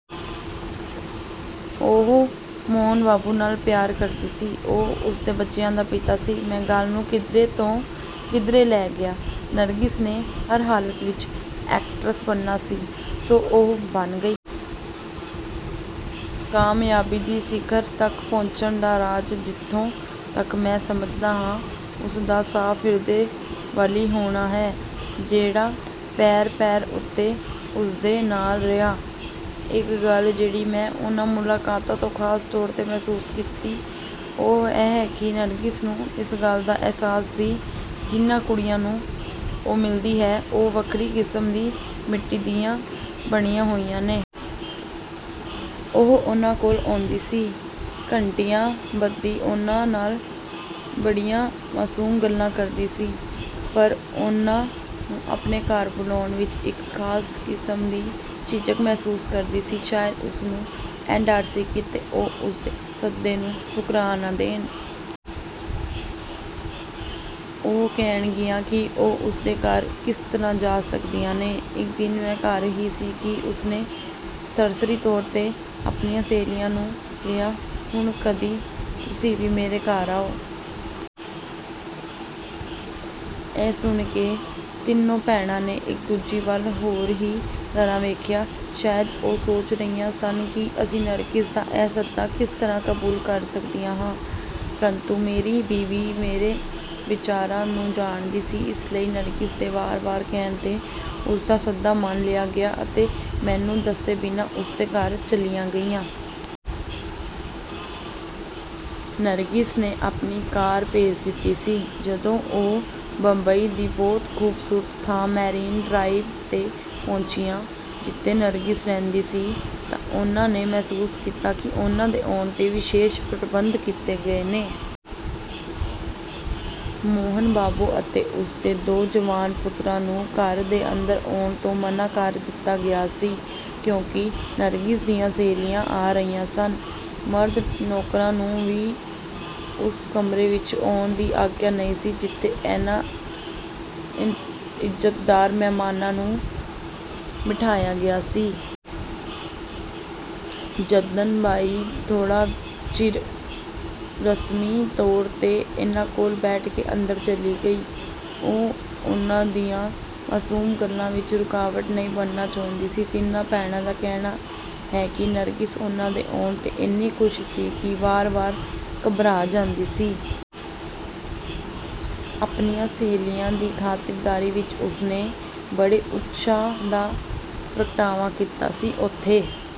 ਉਹ ਮੋਹਨ ਬਾਬੂ ਨਾਲ ਪਿਆਰ ਕਰਦੀ ਸੀ। ਉਹ ਉਸਦੇ ਬੱਚਿਆਂ ਦਾ ਪਿਤਾ ਸੀ। ਮੈਂ ਗੱਲ ਨੂੰ ਕਿੱਧਰੇ ਤੋਂ ਕਿੱਧਰੇ ਲੈ ਗਿਆ। ਨਰਗਿਸ ਨੇ ਹਰ ਹਾਲਤ ਵਿੱਚ ਐਕਟਰਸ ਬਣਨਾ ਸੀ ਸੋ ਉਹ ਬਣ ਗਈ। ਕਾਮਯਾਬੀ ਦੀ ਸਿਖਰ ਤੱਕ ਪਹੁੰਚਣ ਦਾ ਰਾਜ਼ ਜਿੱਥੋਂ ਤੱਕ ਮੈਂ ਸਮਝਦਾ ਹਾਂ ਉਸ ਦਾ ਸਾਫ਼ ਹਿਰਦੇ ਵਾਲੀ ਹੋਣਾ ਹੈ ਜਿਹੜਾ ਪੈਰ ਪੈਰ ਉੱਤੇ ਉਸਦੇ ਨਾਲ ਰਿਹਾ। ਇੱਕ ਗੱਲ ਜਿਹੜੀ ਮੈਂ ਉਨ੍ਹਾਂ ਮੁਲਾਕਾਤਾਂ ਤੋਂ ਖਾਸ ਤੌਰ ਤੇ ਮਹਿਸੂਸ ਕੀਤੀ ਉਹ ਇਹ ਹੈ ਕਿ ਨਰਗਿਸ ਨੂੰ ਇਸ ਗੱਲ ਦਾ ਅਹਿਸਾਸ ਸੀ ਜਿਨ੍ਹਾਂ ਕੁੜੀਆਂ ਨੂੰ ਉਹ ਮਿਲਦੀ ਹੈ ਉਹ ਵੱਖਰੀ ਕਿਸਮ ਦੀ ਮਿੱਟੀ ਦੀਆਂ ਬਣੀਆਂ ਹੋਈਆਂ ਨੇ। ਉਹ ਉਨ੍ਹਾਂ ਕੋਲ ਆਉਂਦੀ ਸੀ ਘੰਟਿਆਂ ਬੱਧੀ ਉਨ੍ਹਾਂ ਨਾਲ ਬੜੀਆਂ ਮਾਸੂਮ ਗੱਲਾਂ ਕਰਦੀ ਸੀ ਪਰ ਉਨ੍ਹਾਂ ਨੂੰ ਆਪਣੇ ਘਰ ਬੁਲਾਉਣ ਵਿੱਚ ਇੱਕ ਖਾਸ ਕਿਸਮ ਦੀ ਝਿਜਕ ਮਹਿਸੂਸ ਕਰਦੀ ਸੀ। ਸ਼ਾਇਦ ਉਸਨੂੰ ਇਹ ਡਰ ਸੀ ਕਿ ਕਿਤੇ ਉਹ ਉਸਦੇ ਸੱਦੇ ਨੂੰ ਠੁਕਰਾ ਨਾ ਦੇਣ। ਉਹ ਕਹਿਣਗੀਆਂ ਕਿ ਉਹ ਉਸਦੇ ਘਰ ਕਿਸ ਤਰ੍ਹਾਂ ਜਾ ਸਕਦੀਆਂ ਨੇ। ਇੱਕ ਦਿਨ ਮੈਂ ਘਰ ਹੀ ਸੀ ਕਿ ਉਸ ਨੇ ਸਰਸਰੀ ਤੌਰ ਤੇ ਆਪਣੀਆਂ ਸਹੇਲੀਆਂ ਨੂੰ ਕਿਹਾ ਹੁਣ ਕਦੀ ਤੁਸੀਂ ਵੀ ਮੇਰੇ ਘਰ ਆਉ। ਇਹ ਸੁਣ ਕੇ ਤਿੰਨੋਂ ਭੈਣਾਂ ਨੇ ਇੱਕ ਦੂਜੀ ਵੱਲ ਹੋਰ ਹੀ ਤਰ੍ਹਾਂ ਵੇਖਿਆ। ਸ਼ਾਇਦ ਉਹ ਸੋਚ ਰਹੀਆਂ ਸਨ ਕਿ ਅਸੀਂ ਨਰਗਿਸ ਦਾ ਇਹ ਸੱਦਾ ਕਿਸ ਤਰ੍ਹਾਂ ਕਬੂਲ ਕਰ ਸਕਦੀਆਂ ਹਾਂ। ਪ੍ਰੰਤੂ ਮੇਰੀ ਬੀਵੀ ਮੇਰੇ ਵਿਚਾਰਾਂ ਨੂੰ ਜਾਣਦੀ ਸੀ ਇਸ ਲਈ ਨਰਗਿਸ ਦੇ ਵਾਰ ਵਾਰ ਕਹਿਣ ਤੇ ਉਸਦਾ ਸੱਦਾ ਮੰਨ ਲਿਆ ਗਿਆ ਅਤੇ ਮੈਨੂੰ ਦੱਸੇ ਬਿਨਾਂ ਉਸਦੇ ਘਰ ਚਲੀਆਂ ਗਈਆਂ। ਨਰਗਿਸ ਨੇ ਆਪਣੀ ਕਾਰ ਭੇਜ ਦਿੱਤੀ ਸੀ। ਜਦੋਂ ਉਹ ਬੰਬਈ ਦੀ ਬਹੁਤ ਖੂਬਸੂਰਤ ਥਾਂ ਮੈਰਿਨ ਡਰਾਈਵ ਤੇ ਪਹੁੰਚੀਆਂ ਜਿੱਥੇ ਨਰਗਿਸ ਰਹਿੰਦੀ ਸੀ ਤਾਂ ਉਨ੍ਹਾਂ ਨੇ ਮਹਿਸੂਸ ਕੀਤਾ ਕਿ ਉਨ੍ਹਾਂ ਦੇ ਆਉਣ ਤੇ ਵਿਸ਼ੇਸ਼ ਪ੍ਰਬੰਧ ਕੀਤੇ ਗਏ ਨੇ। ਮੋਹਨ ਬਾਬੂ ਅਤੇ ਉਸ ਦੇ ਦੋ ਜਵਾਨ ਪੁੱਤਰਾਂ ਨੂੰ ਘਰ ਦੇ ਅੰਦਰ ਆਉਣ ਤੋਂ ਮਨ੍ਹਾ ਕਰ ਦਿੱਤਾ ਗਿਆ ਸੀ ਕਿਉਂਕਿ ਨਰਗਿਸ ਦੀਆਂ ਸਹੇਲੀਆਂ ਆ ਰਹੀਆਂ ਸਨ। ਮਰਦ ਨੌਕਰਾਂ ਨੂੰ ਵੀ ਉਸ ਕਮਰੇ ਵਿੱਚ ਆਉਣ ਦੀ ਆਗਿਆ ਨਹੀਂ ਸੀ ਜਿੱਥੇ ਇਹਨਾਂ ਇੱਜ਼ਤਦਾਰ ਮਹਿਮਾਨਾਂ ਨੂੰ ਬਿਠਾਇਆ ਗਿਆ ਸੀ। ਜੱਦਨ ਬਾਈ ਥੋੜ੍ਹਾ ਚਿਰ ਰਸਮੀ ਤੌਰ ਤੇ ਇਨ੍ਹਾਂ ਕੋਲ ਬੈਠ ਕੇ ਅੰਦਰ ਚਲੀ ਗਈ। ਉਹ ਉਨ੍ਹਾਂ ਦੀਆਂ ਮਾਸੂਮ ਗੱਲਾਂ ਵਿੱਚ ਰੁਕਾਵਟ ਨਹੀਂ ਬਣਨਾ ਚਾਹੁੰਦੀ ਸੀ। ਤਿੰਨਾਂ ਭੈਣਾਂ ਦਾ ਕਹਿਣਾ ਹੈ ਕਿ ਨਰਗਿਸ ਉਨ੍ਹਾਂ ਦੇ ਆਉਣ ਤੇ ਇੰਨੀ ਖੁਸ਼ ਸੀ ਕਿ ਵਾਰ ਵਾਰ ਘਬਰਾ ਜਾਂਦੀ ਸੀ। ਆਪਣੀਆਂ ਸਹੇਲੀਆਂ ਦੀ ਖਾਤਰਦਾਰੀ ਵਿੱਚ ਉਸਨੇ ਬੜੇ ਉਤਸ਼ਾਹ ਦਾ ਪ੍ਰਗਟਾਵਾ ਕੀਤਾ ਸੀ। ਉਥੇ